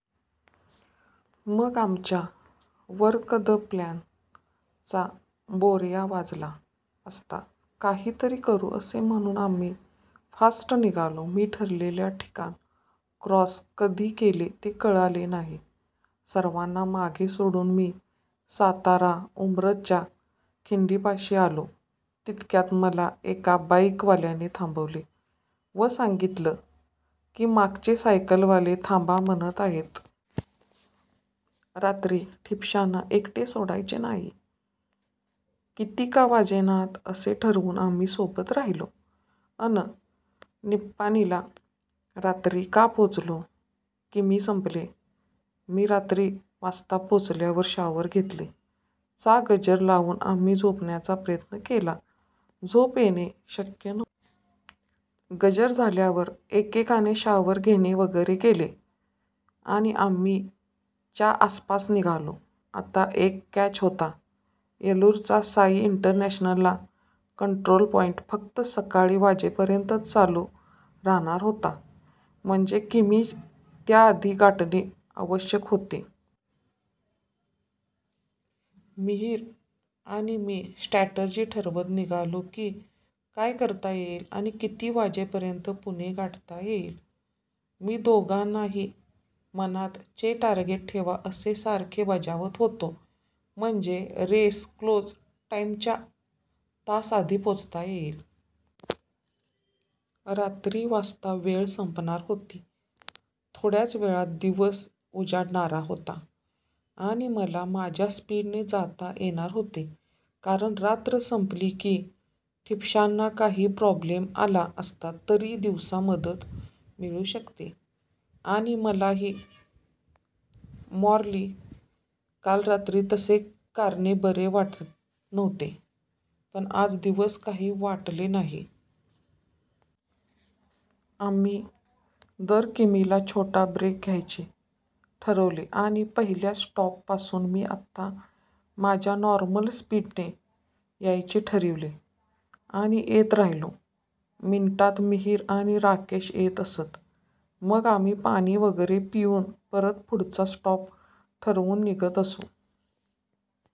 मग आमच्या "work the plan" चा बोर्या वाजला असता. काही तरी करू असे म्हणून आम्ही फास्ट निघालो. मी ठरलेले ठिकाण क्रॉस कधी केले ते कळाले नाही, सर्वांना मागे सोडून मी सातारा उंब्रजच्या खिंडीपाशी आलो तितक्यात मला एका बाईक वाल्याने थांबवले व सांगीतलं की मागचे सायकलवाले थांबा म्हणत आहेत. रात्री ठिपश्यांना एकटे सोडायचे नाही, कितीका वाजेनात असे ठरवून आम्ही सोबत राहिलो अन निप्पानीला रात्री ला पोचलो. किमी संपले!! मी रात्री वाजता पोचल्यावर शॉवर घेतले. चा गजर लावून आम्ही झोपायचा प्रयत्न केला. झोप येणे शक्य नव्हते. गजर झाल्यावर एकेकाने शॉवर घेणे वगैरे केले आणि आम्ही च्या आसपास निघालो. आता एक कॅच होता. येलूरचा साई इंटरनॅशनला कंट्रोल पॉईंट फक्त सकाळी वाजेपर्यंतच चालू राहणार होता. म्हणजे किमी त्या आधी गाठणे आवश्यक होते. मिहिर आणि मी स्ट्रॅटजी ठरवत निघालो की काय करता येईल आणि किती वाजेपर्यंत पुणे गाठता येईल. मी दोघांनाही मनात चे टारगेट ठेवा असे सारखे बजावत होतो. म्हणजे रेस क्लोज टाईमच्या तास आधी पोचता येईल. रात्री वाजता वेळ संपणार होती. थोड्याच वेळात दिवस उजाडणारा होता. आणि मला माझ्या स्पीडने जाता येणार होते. कारण रात्र संपली की ठिपश्यांना काही प्रॉब्लेम आला असता तरी दिवसा मदत मिळू शकते आणि मलाही मॉरली काल रात्री तसे करणे बरे वाटत नव्हते, पण आज दिवस काही वाटले नाही. आम्ही दर किमीला छोटा ब्रेक घ्यायचे ठरवले. आणि पहिल्या स्टॉप पासून मी आता माझ्या नॉर्मल स्पीडने यायचे ठरविले आणि येत राहिलो. मिनिटात मिहिर आणि राकेश येत असत. मग आम्ही पाणी वगैरे पिऊन परत पुढचा स्टॉप ठरवून निघत असू.